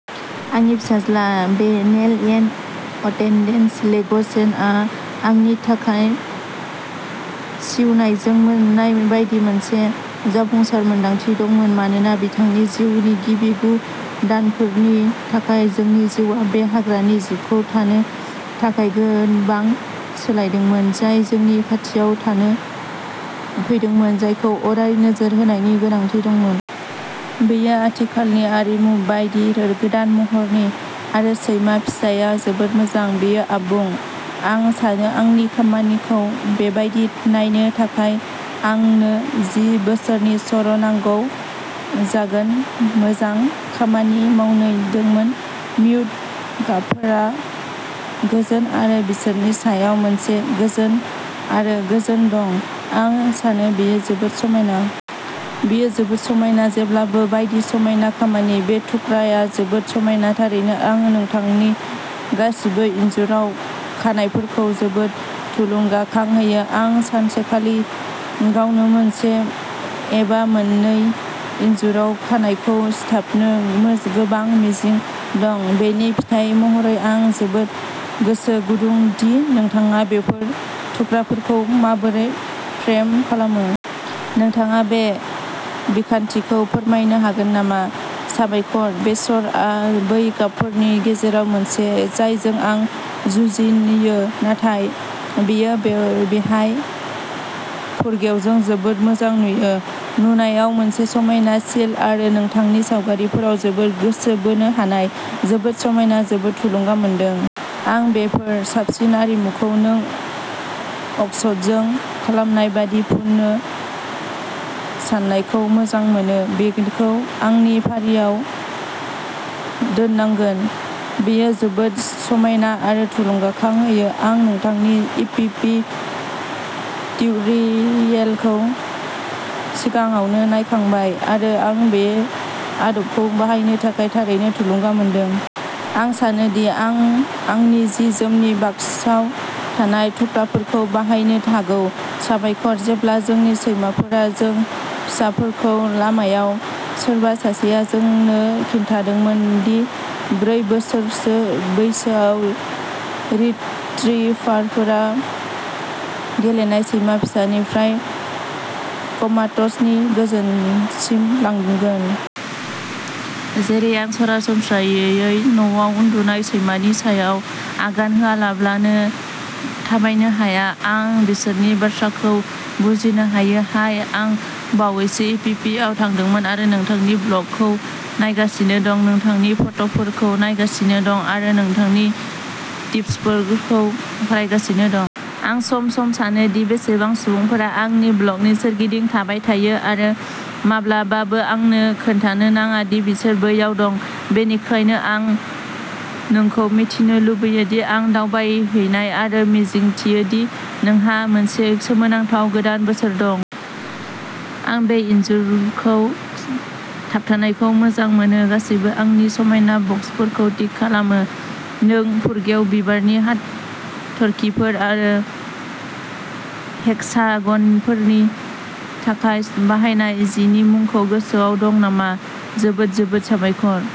आंनि फिसाज्ला, बे नेल-इन-अटेन्डेन्स लेग'सेसनआ आंनि आखाइ सिउनायजों मोननाय बायदि मोनसे जाफुंसार मोन्दांथि दंमोन, मानोना बिथांनि जिउनि गिबि गु दानफोरनि थाखाय जोंनि जिउआ बे हाग्रानि जिबखौ थानो थाखाय गोबां सोलायदोंमोन, जाय जोंनि खाथियाव थानो फैदोंमोन, जायखौ अराय नोजोर होनायनि गोनांथि दंमोन। बेयो आथिखालनि आरिमु बायदि गोदान महरनि! आरो सैमा फिसाया जोबोद मोजां! बेयो आबुं। आं सानो आंनि खामानिखौ बेबायदि नायनो थाखाय आंनो जि बोसोरनि सर' नांगौ जागोन। मोजां खामानि मावदोंमोन। म्युट गाबफोरा गोजोन आरो बिसोरनि सायाव मोनसे गोजोन आरो गोजोन दं, आं सानो बेयो जोबोद समायना। बेयो जोबोद समायना। जेब्लाबो बायदि समायना खामानि। बे थुख्राआ जोबोद समायना। थारैनो, आं नोंथांनि गासिबो इनजुराव खानायफोरखौ जोबोद थुलुंगाखां होयो। आं सानसेखालि गावनो मोनसे एबा मोननै इनजुराव खानायखौ सिथाबनो गोबां मिजिं दं। बेनि फिथाय महरै, आं जोबोद गोसो गुदुं दि नोंथाङा बेफोर थुख्राफोरखौ माबोरै फ्रेम खालामो। नोंथाङा बे बिखान्थिखौ फोरमायनो हागोन नामा? साबायखर! बेसरआ बै गाबफोरनि गेजेराव मोनसे जायजों आं जुजियो नाथाय बेयो बेहाय फुरगेवजों जोबोद मोजां नुयो। नुनायाव मोनसे समायना सिल्ट आरो नोंथांनि सावगारिफोराव जोबोद गोसो बोनो हानाय, जोबोद समायना, जोबोद थुलुंगा मोनदों। आं बेफोर साबसिन आरिमुखौ नों अक्सटजों खालामनाय बायदि फुनो साननायखौ मोजां मोनो। बेखौ आंनि फारियाव दोननांगोन, बेयो जोबोद समायना आरो थुलुंगाखां होयो। आं नोंथांनि इपिपि टिउटरियेलखौ सिगाङावनो नायखांबाय आरो आं बे आदबखौ बाहायनो थाखाय थारैनो थुलुंगा मोनदों। आं सानो दि आं आंनि जि-जोमनि बक्साव थानाय थुख्राफोरखौ बाहायनो जागौ। साबायखर। जेब्ला जोंनि सैमाफोरा जों फिसाफोरमोन, लामायाव सोरबा सासेआ जोंनो खिन्थादोंमोन दि ब्रै बोसोरसो बैसोआव, रिट्रीभारफोरा गेलेनाय सैमा फिसानिफ्राय कमात'ज नि गोजोनसिम लांगोन। जेरै आं सरासनस्रायै न'आव उन्दुनाय सैमानि सायाव आगान होआलाबानो थाबायनो हाया, आं बिसोरनि बाथ्राखौ बुजिनो हायो। हाय! आं बावैसो इपिपिआव थांदोंमोन आरो नोंथांनि ब्लगखौ नायगासिनो दं, नोंथांनि फट'फोरखौ नायगासिनो दं आरो नोंथांनि टिप्सफोरखौ फरायगासिनो दं। आं सम सम सानो दि बेसेबां सुबुंफोरा आंनि ब्लगनि सोरगिदिं थाबाय थायो आरो माब्लाबाबो आंनो खोन्थानो नाङा दि बिसोर बैयाव दं, बेनिखायनो आं नोंखौ मिथिनो लुगैयो दि आं दावबायहैबाय आरो मिजिंथियो दि नोंहा मोनसे सोमोनांथाव गोदान बोसोर दं। आं बे इनजुरखौ थाबथानायखौ मोजां मोनो। गासैबो आंनि समायना बक्सफोरखौ टिक खालामो, नों फुरगेव बिबारनि हाथरखिफोर आरो हेक्सागनफोरनि थाखाय बाहायनाय जिनि मुंखौ गोसोआव दं नामा? जोबोद जोबोद साबायखर!